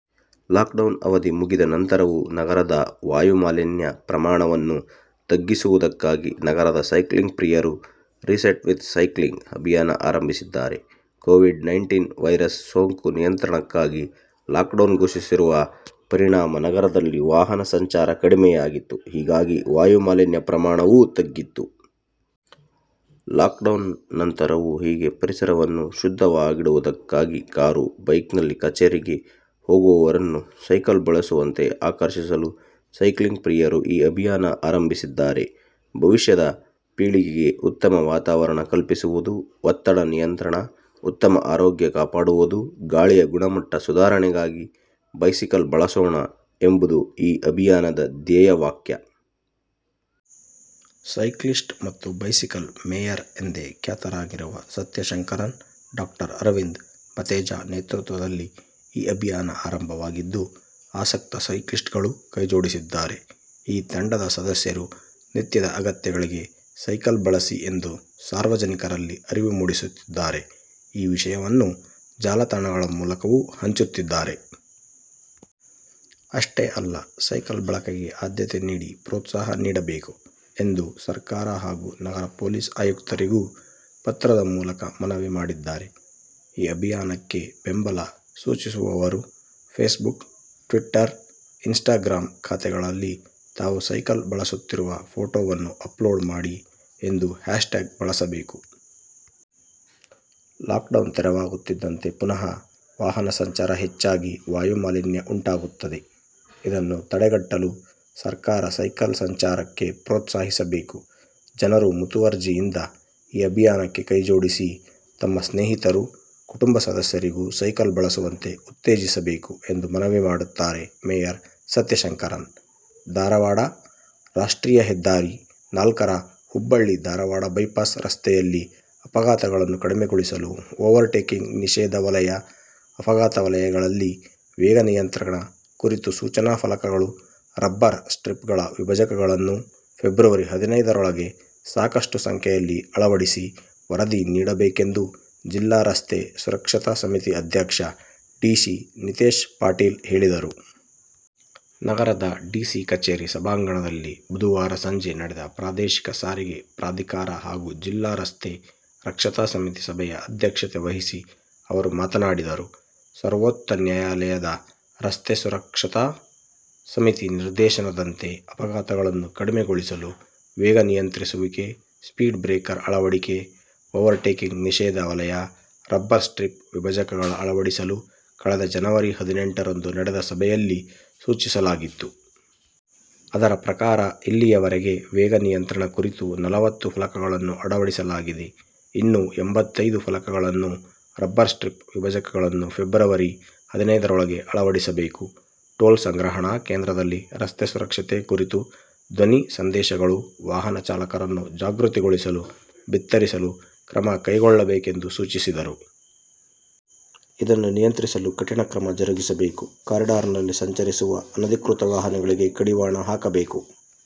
Bengaluru: lockdown ಅವಧಿ ಮುಗಿದ ನಂತರವೂ, ನಗರದ ವಾಯುಮಾಲಿನ್ಯ ಪ್ರಮಾಣವನ್ನು ತಗ್ಗಿಸುವುದಕ್ಕಾಗಿ ನಗರದ ಸೈಕ್ಲಿಂಗ್ ಪ್ರಿಯರು 'ರಿಸೆಟ್ ವಿತ್ ಸೈಕ್ಲಿಂಗ್' ಅಭಿಯಾನ ಆರಂಭಿಸಿದ್ದಾರೆ. ಕೋವಿಡ್- ನೈನ್ಟೀನ್ ವೈರಸ್ ಸೋಂಕು ನಿಯಂತ್ರಣಕ್ಕಾಗಿ ಲಾಕ್ಡೌನ್ ಘೋಷಿಸಿರುವ ಪರಿಣಾಮ ನಗರದಲ್ಲಿ ವಾಹನ ಸಂಚಾರ ಕಡಿಮೆಯಾಗಿತ್ತು. ಹೀಗಾಗಿ ವಾಯುಮಾಲಿನ್ಯ ಪ್ರಮಾಣವೂ ತಗ್ಗಿತ್ತು. ಲಾಕ್ಡೌನ್ ನಂತರವೂ ಹೀಗೆ ಪರಿಸರವನ್ನು ಶುದ್ಧವಾಗಿಡುವುದಕ್ಕಾಗಿ ಕಾರು, ಬೈಕ್ನಲ್ಲಿ ಕಚೇರಿಗೆ ಹೋಗುವವರನ್ನು, ಸೈಕಲ್ ಬಳಸುವಂತೆ ಆಕರ್ಷಿಸಲು ಸೈಕ್ಲಿಂಗ್ ಪ್ರಿಯರು ಈ ಅಭಿಯಾನ ಅರಂಭಿಸಿದ್ದಾರೆ. 'ಭವಿಷ್ಯದ ಪೀಳಿಗೆಗೆ ಉತ್ತಮ ವಾತಾವರಣ ಕಲ್ಪಿಸುವುದು, ಒತ್ತಡ ನಿಯಂತ್ರಣ, ಉತ್ತಮ ಆರೋಗ್ಯ ಕಾಪಾಡುವುದು, ಗಾಳಿಯ ಗುಣಮಟ್ಟ ಸುಧಾರಣೆಗಾಗಿ ಬೈಸಿಕಲ್ ಬಳಸೋಣ' ಎಂಬುದು ಈ ಅಭಿಯಾನದ ಧ್ಯೇಯ ವಾಕ್ಯ. ಸೈಕ್ಲಿಸ್ಟ್ ಮತ್ತು ಬೈಸಿಕಲ್ ಮೇಯರ್ ಎಂದೇ ಖ್ಯಾತರಾಗಿರುವ ಸತ್ಯ ಶಂಕರನ್, ಡಾ. ಅರವಿಂದ್ ಭತೇಜಾ ನೇತೃತ್ವದಲ್ಲಿ ಈ ಅಭಿಯಾನ ಆರಂಭವಾಗಿದ್ದು, ಆಸಕ್ತ ಸೈಕ್ಲಿಸ್ಟ್ಗಳೂ ಕೈ ಜೋಡಿಸಿದ್ದಾರೆ. ಈ ತಂಡದ ಸದಸ್ಯರು, 'ನಿತ್ಯದ ಅಗತ್ಯಗಳಿಗೆ ಸೈಕಲ್'ಬಳಸಿ ಎಂದು ಸಾರ್ವಜನಿಕರಲ್ಲಿ ಅರಿವು ಮೂಡಿಸುತ್ತಿದ್ದಾರೆ. ಈ ವಿಷಯವನ್ನು ಜಾಲತಾಣಗಳ ಮೂಲಕವೂ ಹಂಚುತ್ತಿದ್ದಾರೆ. 'ಅಷ್ಟೇ ಅಲ್ಲ, ಸೈಕಲ್ ಬಳಕೆಗೆ ಆದ್ಯತೆ ನೀಡಿ, ಪ್ರೋತ್ಸಾಹ ನೀಡಬೇಕು' ಎಂದು ಸರ್ಕಾರ ಹಾಗೂ ನಗರ ಪೊಲೀಸ್ ಆಯುಕ್ತರಿಗೂ ಪತ್ರದ ಮೂಲಕ ಮನವಿ ಮಾಡಿದ್ದಾರೆ. ಈ ಅಭಿಯಾನಕ್ಕೆ ಬೆಂಬಲ ಸೂಚಿಸುವವರು ಫೇಸ್ಬುಕ್, ಟ್ವಿಟ್ಟರ್, ಇನ್ಸ್ಟಾಗ್ರಾಂ ಖಾತೆಗಳಲ್ಲಿ ತಾವು ಸೈಕಲ್ ಬಳಸುತ್ತಿರುವ ಫೋಟೊವನ್ನು ಅಪ್ಲೋಡ್ ಮಾಡಿ ಎಂದು ಹ್ಯಾಷ್ ಟ್ಯಾಗ್ ಬಳಸಬೇಕು. 'ಲಾಕ್ಡೌನ್ ತೆರವಾಗುತ್ತಿದ್ದಂತೆ ಪುನಃ ವಾಹನ ಸಂಚಾರ ಹೆಚ್ಚಾಗಿ ವಾಯುಮಾಲಿನ್ಯ ಉಂಟಾಗುತ್ತದೆ. ಇದನ್ನು ತಡೆಗಟ್ಟಲು ಸರ್ಕಾರ ಸೈಕಲ್ ಸಂಚಾರಕ್ಕೆ ಪ್ರೋತ್ಸಾಹಿಸಬೇಕು. ಜನರೂ ಮುತುವರ್ಜಿಯಿಂದ ಈ ಅಭಿಯಾನಕ್ಕೆ ಕೈಜೋಡಿಸಿ, ತಮ್ಮ ಸ್ನೇಹಿತರು, ಕುಟುಂಬ ಸದಸ್ಯರಿಗೂ ಸೈಕಲ್ ಬಳಸುವಂತೆ ಉತ್ತೇಜಿಸಬೇಕು' ಎಂದು ಮನವಿ ಮಾಡುತ್ತಾರೆ ಮೇಯರ್ ಸತ್ಯ ಶಂಕರನ್. ಧಾರವಾಡ: ರಾಷ್ಟ್ರೀಯ ಹೆದ್ದಾರಿ ನಾಲ್ಕರ ಹುಬ್ಬಳ್ಳಿ-ಧಾರವಾಡ ಬೈಪಾಸ್ ರಸ್ತೆಯಲ್ಲಿ ಅಪಘಾತಗಳನ್ನು ಕಡಿಮೆಗೊಳಿಸಲು ಓವರ್ ಟೇಕಿಂಗ್ ನಿಷೇಧ ವಲಯ, ಅಪಘಾತ ವಲಯಗಳಲ್ಲಿ ವೇಗ ನಿಯಂತ್ರಣ ಕುರಿತ ಸೂಚನಾ ಫಲಕಗಳು, ರಬ್ಬರ್ ಸ್ಟ್ರಿಪ್ ಗಳ ವಿಭಜಕಗಳನ್ನು ಫೆಬ್ರವರಿ ಹದಿನೈದರೊಳಗೆ ಸಾಕಷ್ಟು ಸಂಖ್ಯೆಯಲ್ಲಿ ಅಳವಡಿಸಿ ವರದಿ ನೀಡಬೇಕೆಂದು ಜಿಲ್ಲಾ ರಸ್ತೆ ಸುರಕ್ಷತಾ ಸಮಿತಿ ಅಧ್ಯಕ್ಷ ಡಿಸಿ ನಿತೇಶ ಪಾಟೀಲ ಹೇಳಿದರು. ನಗರದ ಡಿಸಿ ಕಚೇರಿ ಸಭಾಂಗಣದಲ್ಲಿ ಬುಧವಾರ ಸಸಂಜೆ ನಡೆದ ಪ್ರಾದೇಶಿಕ ಸಾರಿಗೆ ಪ್ರಾಧಿಕಾರ ಹಾಗೂ ಜಿಲ್ಲಾ ರಸ್ತೆ ರಕ್ಷತಾ ಸಮಿತಿ ಸಭೆಯ ಅಧ್ಯಕ್ಷತೆ ವಹಿಸಿ ಅವರು ಮಾತನಾಡಿದರು. ಸರ್ವೋತ್ಛ ನ್ಯಾಯಾಲಯದ ರಸ್ತೆ ಸುರಕ್ಷತಾ ಸಮಿತಿ ನಿರ್ದೇಶನದಂತೆ ಅಪಘಾತಗಳನ್ನು ಕಡಿಮೆಗೊಳಿಸಲು ವೇಗ ನಿಯಂತ್ರಿಸುವಿಕೆ, ಸ್ಪೀಡ್ ಬ್ರೇಕರ್ ಅಳವಡಿಕೆ, ಓವರ್ ಟೇಕಿಂಗ್ ನಿಷೇಧ ವಲಯ, ರಬ್ಬರ್ ಸ್ಟ್ರಿಪ್ ವಿಭಜಕಗಳ ಅಳವಡಿಸಲು ಕಳೆದ ಜನವರಿ ಹದಿನೆಂಟರಂದು ನಡೆದ ಸಭೆಯಲ್ಲಿ ಸೂಚಿಸಲಾಗಿತ್ತು. ಅದರ ಪ್ರಕಾರ ಇಲ್ಲಿಯವರೆಗೆ ವೇಗ ನಿಯಂತ್ರಣ ಕುರಿತು ನಲವತ್ತು ಫಲಕಗಳನ್ನು ಅಳವಡಿಸಲಾಗಿದೆ. ಇನ್ನೂ ಎಂಬತ್ತೈದು ಫಲಕಗಳನ್ನು, ರಬ್ಬರ್ ಸ್ಟ್ರಿಪ್ ವಿಭಜಕಗಳನ್ನು ಫೆಬ್ರವರಿ ಹದಿನೈದರೊಳಗೆ ಅಳವಡಿಸಬೇಕು. ಟೋಲ್ ಸಂಗ್ರಹಣಾ ಕೇಂದ್ರದಲ್ಲಿ ರಸ್ತೆ ಸುರಕ್ಷತೆ ಕುರಿತ ಧ್ವನಿ ಸಂದೇಶಗಳು ವಾಹನ ಚಾಲಕರನ್ನು ಜಾಗೃತಿಗೊಳಿಸಲು ಬಿತ್ತರಿಸಲು ಕ್ರಮ ಕೈಗೊಳ್ಳಬೇಕೆಂದು ಸೂಚಿಸಿದರು. ಇದನ್ನು ನಿಯಂತ್ರಿಸಲು ಕಠಿಣ ಕ್ರಮ ಜರುಗಿಸಬೇಕು. ಕಾರಿಡಾರ್ನಲ್ಲಿ ಸಂಚರಿಸುವ ಅನ ಧಿಕೃತ ವಾಹನಗಳಿಗೆ ಕಡಿವಾಣ ಹಾಕಬೇಕು.